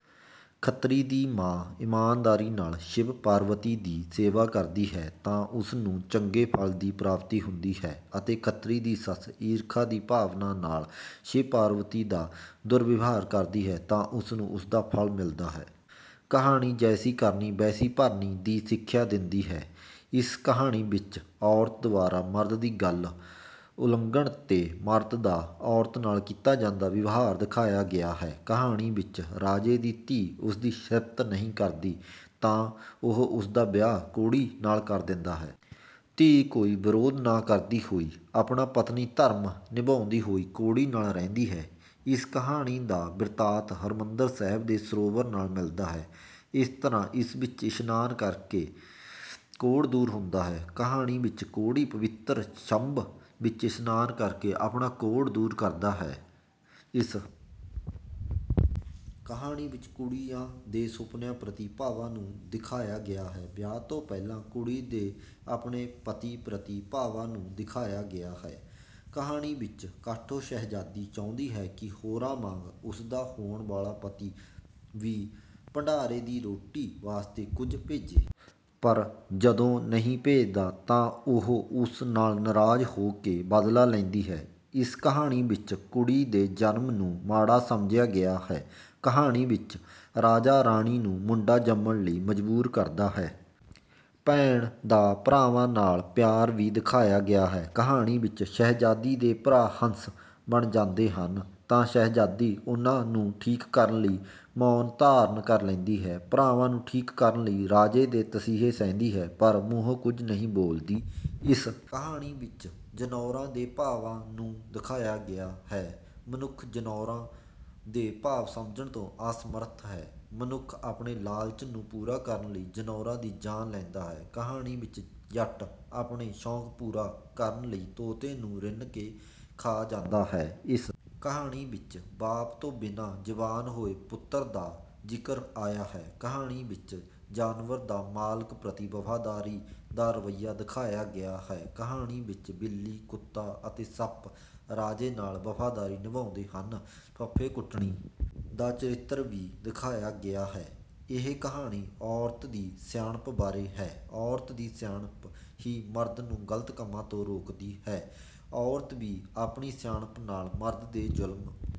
ਖੱਤਰੀ ਦੀ ਮਾਂ ਈਮਾਨਦਾਰੀ ਨਾਲ ਸ਼ਿਵ-ਪਾਰਬਤੀ ਦੀ ਸੇਵਾ ਕਰਦੀ ਹੈ ਤਾਂ ਉਸ ਨੂੰ ਚੰਗੇ ਫਲ ਦੀ ਪ੍ਰਾਪਤੀ ਹੁੰਦੀ ਹੈ ਅਤੇ ਖੱਤਰੀ ਦੀ ਸੱਸ ਈਰਖਾ ਦੀ ਭਾਵਨਾ ਨਾਲ ਸ਼ਿਵ-ਪਾਰਬਤੀ ਦਾ ਦੁਰਵਿਵਹਾਰ ਕਰਦੀ ਹੈ ਤਾਂ ਉਸ ਨੂੰ ਉਸ ਦਾ ਫਲ ਮਿਲਦਾ ਹੈ। ਕਹਾਣੀ ‘ਜੈਸੀ ਕਰਨੀ, ਵੈਸੀ ਭਰਨੀ’ ਦੀ ਸਿੱਖਿਆ ਦਿੰਦੀ ਹੈ। ਇਸ ਕਹਾਣੀ ਵਿਚ ਔਰਤ ਦੁਆਰਾ ਮਰਦ ਦੀ ਗੱਲ ਉਲੰਘਣ ’ਤੇ ਮਰਦ ਦਾ ਔਰਤ ਨਾਲ ਕੀਤਾ ਜਾਂਦਾ ਵਿਵਹਾਰ ਦਿਖਾਇਆ ਗਿਆ ਹੈ। ਕਹਾਣੀ ਵਿੱਚ ਰਾਜੇ ਦੀ ਧੀ ਉਸਦੀ ਸ਼ਿਫ਼ਤ ਨਹੀਂ ਕਰਦੀ ਤਾਂ ਉਹ ਉਸਦਾ ਵਿਆਹ ਕੋਹੜੀ ਨਾਲ ਕਰ ਦਿੰਦਾ ਹੈ। ਧੀ ਕੋਈ ਵਿਰੋਧ ਨਾ ਕਰਦੀ ਹੋਈ, ਆਪਣਾ ਪਤਨੀ-ਧਰਮ ਨਿਭਾਉਂਦੀ ਹੋਈ ਕੋਹੜੀ ਨਾਲ ਰਹਿੰਦੀ ਹੈ। ਇਸ ਕਹਾਣੀ ਦਾ ਬਿਰਤਾਂਤ ਹਰਿਮੰਦਰ ਸਾਹਿਬ ਦੇ ਸਰੋਵਰ ਨਾਲ ਮਿਲਦਾ ਹੈ। ਜਿਸ ਤਰ੍ਹਾਂ ਇਸ ਵਿੱਚ ਇਸ਼ਨਾਨ ਕਰਕੇ ਕੋਹੜ ਦੂਰ ਹੁੰਦਾ ਹੈ, ਕਹਾਣੀ ਵਿਚ ਕੋਹੜੀ ਪਵਿੱਤਰ ਛੰਬ ਵਿਚ ਇਸ਼ਨਾਨ ਕਰਕੇ ਆਪਣਾ ਕੋਹੜ ਦੂਰ ਕਰਦਾ ਹੈ। ਇਸ ਕਹਾਣੀ ਵਿਚ ਕੁੜੀਆਂ ਦੇ ਸੁਪਨਿਆਂ ਪ੍ਰਤੀ ਭਾਵਾਂ ਨੂੰ ਦਿਖਾਇਆ ਗਿਆ ਹੈ। ਵਿਆਹ ਤੋਂ ਪਹਿਲਾਂ ਕੁੜੀ ਦੇ ਆਪਣੇ ਪਤੀ ਪ੍ਰਤੀ ਭਾਵਾਂ ਨੂੰ ਦਿਖਾਇਆ ਗਿਆ ਹੈ। ਕਹਾਣੀ ਵਿੱਚ ਕਾਠੋ ਸ਼ਹਿਜ਼ਾਦੀ ਚਾਹੁੰਦੀ ਹੈ ਕਿ ਹੋਰਾਂ ਵਾਂਗ ਉਸਦਾ ਹੋਣ ਵਾਲਾ ਪਤੀ ਵੀ ਭੰਡਾਰੇ ਦੀ ਰੋਟੀ ਵਾਸਤੇ ਕੁਝ ਭੇਜੇ। ਪਰ ਜਦੋਂ ਨਹੀਂ ਭੇਜਦਾ ਤਾਂ ਉਹ ਉਸ ਨਾਲ ਨਾਰਾਜ਼ ਹੋ ਕੇ ਬਦਲਾ ਲੈਂਦੀ ਹੈ। ਇਸ ਕਹਾਣੀ ਵਿਚ ਕੁੜੀ ਦੇ ਜਨਮ ਨੂੰ ਮਾੜਾ ਸਮਝਿਆ ਗਿਆ ਹੈ। ਕਹਾਣੀ ਵਿੱਚ ਰਾਜਾ ਰਾਣੀ ਨੂੰ ਮੁੰਡਾ ਜੰਮਣ ਲਈ ਮਜ਼ਬੂਰ ਕਰਦਾ ਹੈ। ਭੈਣ ਦਾ ਭਰਾਵਾਂ ਨਾਲ ਪਿਆਰ ਵੀ ਦਿਖਾਇਆ ਗਿਆ ਹੈ। ਕਹਾਣੀ ਵਿੱਚ ਸ਼ਹਿਜ਼ਾਦੀ ਦੇ ਭਰਾ ਹੰਸ ਬਣ ਜਾਂਦੇ ਹਨ ਤਾਂ ਸ਼ਹਿਜ਼ਾਦੀ ਉਨ੍ਹਾਂ ਨੂੰ ਠੀਕ ਕਰਨ ਲਈ ਮੌਨ ਧਾਰਨ ਕਰ ਲੈਂਦੀ ਹੈ। ਭਰਾਵਾਂ ਨੂੰ ਠੀਕ ਕਰਨ ਲਈ ਰਾਜੇ ਦੇ ਤਸੀਹੇ ਸਹਿੰਦੀ ਹੈ, ਪਰ ਮੂੰਹੋਂ ਕੁਝ ਨਹੀਂ ਬੋਲਦੀ। ਇਸ ਕਹਾਣੀ ਵਿਚ ਜਨੌਰਾਂ ਦੇ ਭਾਵਾਂ ਨੂੰ ਦਿਖਾਇਆ ਗਿਆ ਹੈ। ਮਨੁੱਖ ਜਨੌਰਾਂ ਦੇ ਭਾਵ ਸਮਝਣ ਤੋਂ ਅਸਮਰਥ ਹੈ। ਮਨੁੱਖ ਆਪਣੇ ਲਾਲਚ ਨੂੰ ਪੂਰਾ ਕਰਨ ਲਈ ਜਨੌਰਾਂ ਦੀ ਜਾਨ ਲੈਂਦਾ ਹੈ। ਕਹਾਣੀ ਵਿੱਚ ਜੱਟ ਆਪਣੇ ਸ਼ੌਕ ਪੂਰਾ ਕਰਨ ਲਈ ਤੋਤੇ ਨੂੰ ਰਿੰਨ੍ਹ ਕੇ ਖਾ ਜਾਂਦਾ ਹੈ। ਇਸ ਕਹਾਣੀ ਵਿਚ ਬਾਪ ਤੋਂ ਬਿਨਾਂ ਜਵਾਨ ਹੋਏ ਪੁੱਤਰ ਦਾ ਜ਼ਿਕਰ ਆਇਆ ਹੈ। ਕਹਾਣੀ ਵਿੱਚ ਜਾਨਵਰ ਦਾ ਮਾਲਕ ਪ੍ਰਤੀ ਵਫ਼ਾਦਾਰੀ ਦਾ ਰਵੱਈਆ ਦਿਖਾਇਆ ਗਿਆ ਹੈ। ਕਹਾਣੀ ਵਿਚ ਬਿੱਲੀ, ਕੁੱਤਾ ਅਤੇ ਸੱਪ ਰਾਜੇ ਨਾਲ ਵਫ਼ਾਦਾਰੀ ਨਿਭਾਉਂਦੇ ਹਨ। ਫੁੱਫੇਕੁਟਣੀ ਦਾ ਚਰਿੱਤਰ ਵੀ ਦਿਖਾਇਆ ਗਿਆ ਹੈ। ਇਹ ਕਹਾਣੀ ਔਰਤ ਦੀ ਸਿਆਣਪ ਬਾਰੇ ਹੈ। ਔਰਤ ਦੀ ਸਿਆਣਪ ਹੀ ਮਰਦ ਨੂੰ ਗਲਤ ਕੰਮਾਂ ਤੋਂ ਰੋਕਦੀ ਹੈ। ਔਰਤ ਵੀ ਆਪਣੀ ਸਿਆਣਪ ਨਾਲ ਮਰਦ ਦੇ ਜ਼ੁਲਮ...